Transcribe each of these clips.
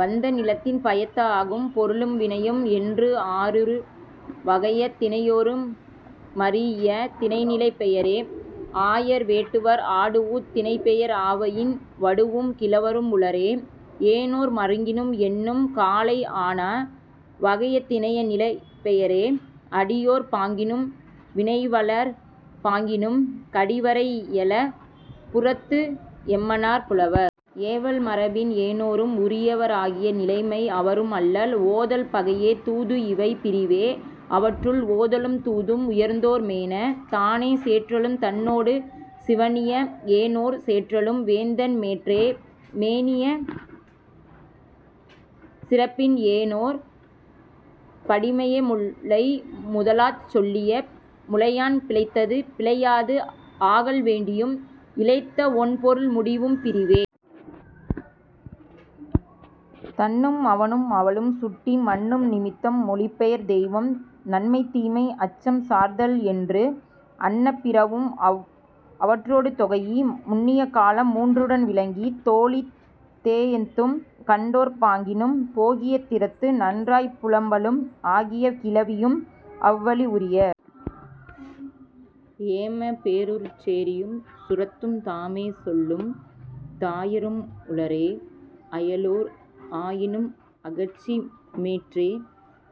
வந்த நிலத்தின் பயத்த ஆகும். பொருளும் வினையும் என்று ஆயிரு வகைய திணையொறும் மரீஇய திணை நிலைப் பெயரே. ஆயர் வேட்டுவர் ஆடூஉத் திணைப் பெயர் ஆவயின் வரூஉம் கிழவரும் உளரே. ஏனோர் மருங்கினும் எண்ணும் காலை ஆனா வகைய திணை நிலைப் பெயரே. அடியோர் பாங்கினும் வினைவலர் பாங்கினும் கடிவரை இல புறத்து என்மனார் புலவர். ஏவல் மரபின் ஏனோரும் உரியவர் ஆகிய நிலைமை அவரும் அன்னர். ஓதல் பகையே தூது இவை பிரிவே. அவற்றுள், ஓதலும் தூதும் உயர்ந்தோர் மேன. தானே சேறலும் தன்னொடு சிவணிய ஏனோர் சேற்றலும் வேந்தன் மேற்றே. மேவிய சிறப்பின் ஏனோர் படிமைய முல்லை முதலாச் சொல்லிய முறையான் பிழைத்தது பிழையாது ஆகல் வேண்டியும் இழைத்த ஒண் பொருள் முடியவும் பிரிவே. தன்னும் அவனும் அவளும் சுட்டி மன்னும் நிமித்தம் மொழிப் பெயர் தெய்வம் நன்மை தீமை அச்சம் சார்தல் என்று அன்ன பிறவும் அவற்றொடு தொகைஇ முன்னிய காலம் மூன்றுடன் விளக்கி தோழி தேஎத்தும் கண்டோ ர் பாங்கினும் போகிய திறத்து நற்றாய் புலம்பலும் ஆகிய கிளவியும் அவ் வழி உரிய. ஏமப் பேரூர்ச் சேரியும் சுரத்தும் தாமே சொல்லும் தாயரும் உளரே. அயலோர் ஆயினும் அகற்சி மேற்றே.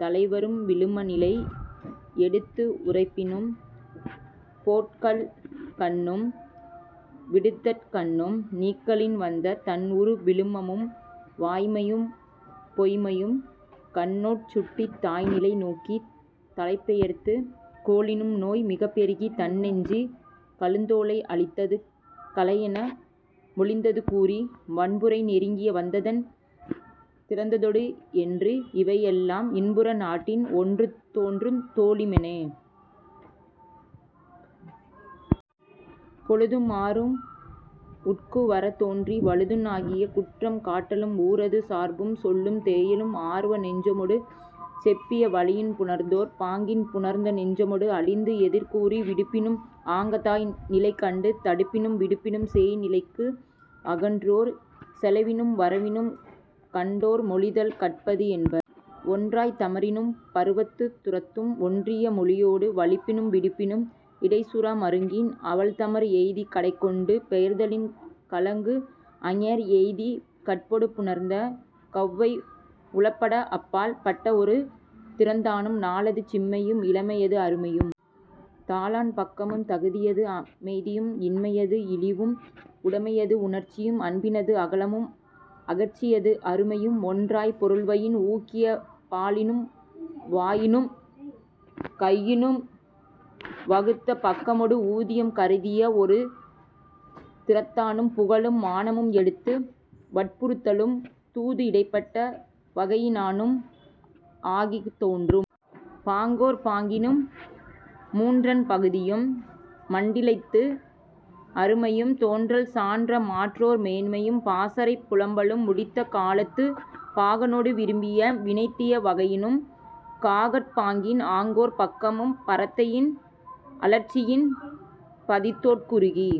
தலைவரும் விழும நிலை எடுத்து உரைப்பினும் போக்கற்கண்ணும் விடுத்தற்கண்ணும் நீக்கலின் வந்த தம் உறு விழுமமும் வாய்மையும் பொய்ம்மையும் கண்டோ ற் சுட்டித் தாய் நிலை நோக்கித் தலைப்பெயர்த்துக் கொளினும் நோய் மிகப் பெருகித் தன் நெஞ்சு கலுழ்ந்தோளை அழிந்தது களை என மொழிந்தது கூறி வன்புறை நெருங்கி வந்ததன் திறத்தொடு என்று இவை எல்லாம் இன்புற நாடின் ஒன்றித் தோன்றும் தோழி மேன. பொழுதும் ஆறும் உட்கு வரத் தோன்றி வழுதுன் ஆகிய குற்றம் காட்டலும் ஊரது சார்பும் சொல்லும் தேயமும் ஆர்வ நெஞ்சமொடு செப்பிய வழியினும் புணர்ந்தோர் பாங்கின் புணர்ந்த நெஞ்சமொடு அழிந்து எதிர் கூறி விடுப்பினும் ஆங்கத் தாய் நிலை கண்டு தடுப்பினும் விடுப்பினும் சேய் நிலைக்கு அகன்றோர் செலவினும் வரவினும் கண்டோர் மொழிதல் கட்பது என்ப. ஒன்றாத் தமரினும் பருவத்தும் துரத்தும் ஒன்றிய மொழியொடு வலிப்பினும் விடுப்பினும் இடைச் சுர மருங்கின் அவள் தமர் எய்திக் கடைக் கொண்டு பெயர்தலின் கலங்கு அஞர் எய்திக் கற்பொடு புணர்ந்த கௌவை உளப்பட அப் பால் பட்ட ஒரு திறத்தானும் நாளது சின்மையும் இளமையது அருமையும் தாளாண் பக்கமும் தகுதியது அமைதியும் இன்மையது இளிவும் உடைமையது உணர்ச்சியும் அன்பினது அகலமும் அகற்சியது அருமையும் ஒன்றாப் பொருள்வயின் ஊக்கிய பாலினும் வாயினும் கையினும் வகுத்த பக்கமொடு ஊதியம் கருதிய ஒரு திறத்தானும் புகழும் மானமும் எடுத்து வற்புறுத்தலும் தூது இடைபட்ட வகையினானும் ஆகித் தோன்றும் பாங்கோர் பாங்கினும் மூன்றன் பகுதியும் மண்டிலத்து அருமையும் தோன்றல் சான்ற மாற்றோர் மேன்மையும் பாசறைப் புலம்பலும் முடிந்த காலத்துப் பாகனொடு விரும்பிய வினைத்திற வகையினும் காவற் பாங்கின் ஆங்கோர் பக்கமும் பரத்தையின் அலற்சியின் பரிந்தோட் குறுகி